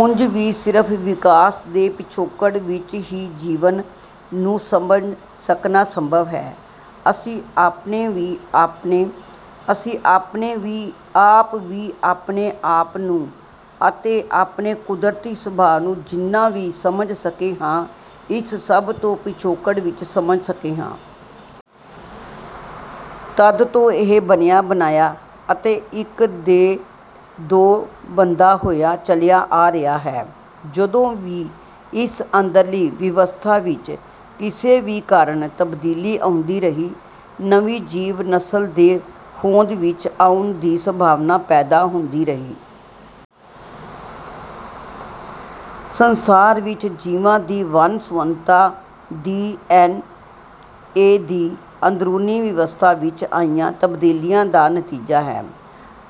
ਉਂਜ ਵੀ, ਸਿਰਫ਼ ਵਿਕਾਸ ਦੇ ਪਿਛੋਕੜ ਵਿੱਚ ਹੀ ਜੀਵਨ ਨੂੰ ਸਮਝ ਸਕਣਾ ਸੰਭਵ ਹੈ। ਅਸੀਂ ਆਪ ਵੀ ਆਪਣੇ ਆਪ ਨੂੰ ਅਤੇ ਆਪਣੇ ਕੁਦਰਤੀ ਸੁਭਾਅ ਨੂੰ ਜਿੰਨਾ ਵੀ ਸਮਝ ਸਕੇ ਹਾਂ, ਇਸ ਸਭ ਦੇ ਪਿਛੋਕੜ ਵਿੱਚ ਸਮਝ ਸਕੇ ਹਾਂ। ਤਦ ਤੋਂ ਇਹ ਬਣਿਆ ਬਣਾਇਆ ਅਤੇ ਇੱਕ ਦੇ ਦੋ ਬਣਦਾ ਹੋਇਆ ਚਲਿਆ ਆ ਰਿਹਾ ਹੈ। ਜਦੋਂ ਵੀ ਇਸ ਅੰਦਰਲੀ ਵਿਵਸਥਾ ਵਿੱਚ ਕਿਸੇ ਵੀ ਕਾਰਨ ਤਬਦੀਲੀ ਆਉਂਦੀ ਰਹੀ, ਨਵੀਂ ਜੀਵ ਨਸਲ ਦੇ ਹੋਂਦ ਵਿੱਚ ਆਉਣ ਦੀ ਸੰਭਾਵਨਾ ਪੈਦਾ ਹੁੰਦੀ ਰਹੀ। ਸੰਸਾਰ ਵਿੱਚ ਜੀਵਾਂ ਦੀ ਵੰਨ ਸੁਵੰਨਤਾ ਡੀ ਐਨ ਏ ਦੀ ਅੰਦਰੂਨੀ ਵਿਵਸਥਾ ਵਿੱਚ ਆਈਆਂ ਤਬਦੀਲੀਆਂ ਦਾ ਨਤੀਜਾ ਹੈ।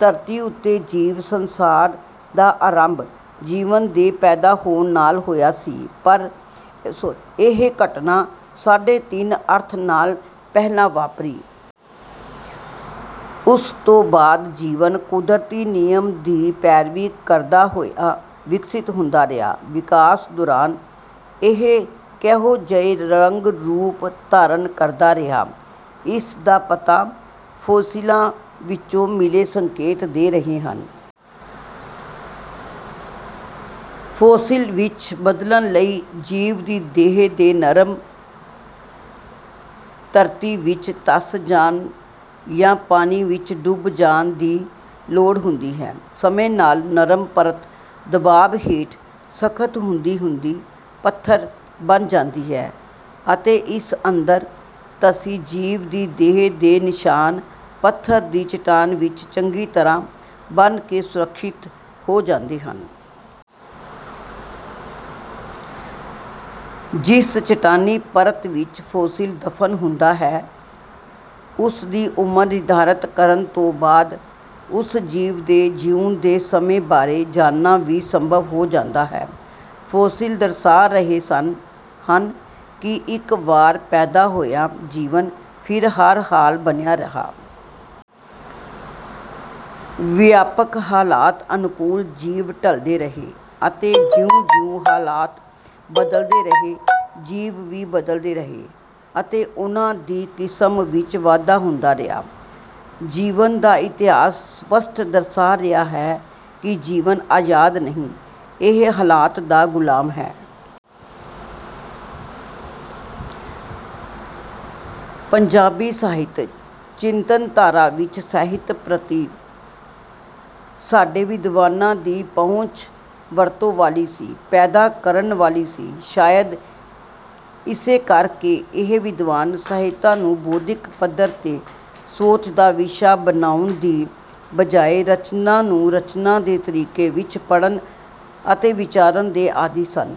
ਧਰਤੀ ਉੱਤੇ ਜੀਵ ਸੰਸਾਰ ਦਾ ਆਰੰਭ ਜੀਵਨ ਦੇ ਪੈਦਾ ਹੋਣ ਨਾਲ ਹੋਇਆ ਸੀ। ਇਹ ਘਟਨਾ ਸਾਢੇ ਤਿੰਨ ਅਰਬ ਸਾਲ ਪਹਿਲਾਂ ਵਾਪਰੀ। ਉਸ ਤੋਂ ਬਾਅਦ ਜੀਵਨ ਕੁਦਰਤੀ ਨਿਯਮ ਦੀ ਪੈਰਵੀ ਕਰਦਾ ਹੋਇਆ ਵਿਕਸਿਤ ਹੁੰਦਾ ਰਿਹਾ। ਵਿਕਾਸ ਦੌਰਾਨ ਇਹ ਕਿਹੋ ਜਿਹੇ ਰੰਗ ਰੂਪ ਧਾਰਨ ਕਰਦਾ ਰਿਹਾ, ਇਸ ਦਾ ਪਤਾ ਫੋਸਿਲਾਂ ਵਿੱਚ ਮਿਲੇ ਸੰਕੇਤ ਦੇ ਰਹੇ ਹਨ। ਫੋਸਿਲ ਵਿੱਚ ਬਦਲਣ ਲਈ ਜੀਵ ਦੀ ਦੇਹ ਦੇ ਨਰਮ ਧਰਤੀ ਵਿੱਚ ਧਸ ਜਾਣ ਜਾਂ ਪਾਣੀ ਵਿੱਚ ਡੁੱਬ ਜਾਣ ਦੀ ਲੋੜ ਹੁੰਦੀ ਹੈ। ਸਮੇਂ ਨਾਲ ਨਰਮ ਪਰਤ ਦਬਾਅ ਹੇਠ ਸਖ਼ਤ ਹੁੰਦੀ ਹੁੰਦੀ ਪੱਥਰ ਬਣ ਜਾਂਦੀ ਹੈ ਅਤੇ ਇਸ ਅੰਦਰ ਧਸੀ ਜੀਵ ਦੀ ਦੇਹ ਦੇ ਨਿਸ਼ਾਨ ਪੱਥਰ ਦੀ ਚੱਟਾਨ ਵਿੱਚ ਚੰਗੀ ਤਰ੍ਹਾਂ ਬਣ ਕੇ ਸੁਰੱਖਿਅਤ ਹੋ ਜਾਂਦੇ ਹਨ। ਜਿਸ ਚੱਟਾਨੀ ਪਰਤ ਵਿੱਚ ਫੋਸਿਲ ਦਫ਼ਨ ਹੁੰਦਾ ਹੈ, ਉਸ ਦੀ ਉਮਰ ਨਿਰਧਾਰਤ ਕਰਨ ਤੋਂ ਬਾਅਦ ਉਸ ਜੀਵ ਦੇ ਜਿਉਣ ਦੇ ਸਮੇਂ ਬਾਰੇ ਜਾਣਨਾ ਵੀ ਸੰਭਵ ਹੋ ਜਾਂਦਾ ਹੈ। ਫੋਸਿਲ ਦਰਸਾ ਰਹੇ ਹਨ ਕਿ ਇੱਕ ਵਾਰ ਪੈਦਾ ਹੋਇਆ ਜੀਵਨ ਫਿਰ ਹਰ ਹਾਲ ਬਣਿਆ ਰਿਹਾ। ਵਿਆਪਕ ਹਾਲਾਤ ਅਨੁਕੂਲ ਜੀਵ ਢਲਦੇ ਰਹੇ ਅਤੇ ਜਿਉਂ ਜਿਉਂ ਹਾਲਾਤ ਬਦਲਦੇ ਰਹੇ, ਜੀਵ ਵੀ ਬਦਲਦੇ ਰਹੇ ਅਤੇ ਇਨ੍ਹਾਂ ਦੀ ਕਿਸਮ ਵਿੱਚ ਵਾਧਾ ਹੁੰਦਾ ਰਿਹਾ। ਜੀਵਨ ਦਾ ਇਤਿਹਾਸ ਸਪਸ਼ਟ ਦਰਸਾ ਰਿਹਾ ਹੈ ਕਿ ਜੀਵਨ ਆਜ਼ਾਦ ਨਹੀਂ, ਇਹ ਹਾਲਾਤ ਦਾ ਗੁਲਾਮ ਹੈ। ਪੰਜਾਬੀ ਸਾਹਿਤ ਚਿੰਤਨਧਾਰਾ ਵਿੱਚ ਸਾਹਿਤ ਪ੍ਰਤੀ ਸਾਡੇ ਵਿਦਵਾਨਾਂ ਦੀ ਪਹੁੰਚ ਵਰਤੋਂ ਵਾਲੀ ਸੀ, ਪੈਦਾ ਕਰਨ ਵਾਲੀ ਨਹੀਂ। ਸ਼ਾਇਦ ਇਸੇ ਕਰਕੇ ਇਹ ਵਿਦਵਾਨ ਸਾਹਿਤ ਨੂੰ ਬੌਧਿਕ ਪੱਧਰ ਤੇ ਸੋਚ ਦਾ ਵਿਸ਼ਾ ਬਣਾਉਣ ਦੀ ਬਜਾਏ, ਰਚਨਾ ਨੂੰ ਰਚਨਾ ਦੇ ਤਰੀਕੇ ਵਿੱਚ ਪੜ੍ਹਨ ਅਤੇ ਵਿਚਾਰਨ ਦੇ ਆਦੀ ਸਨ।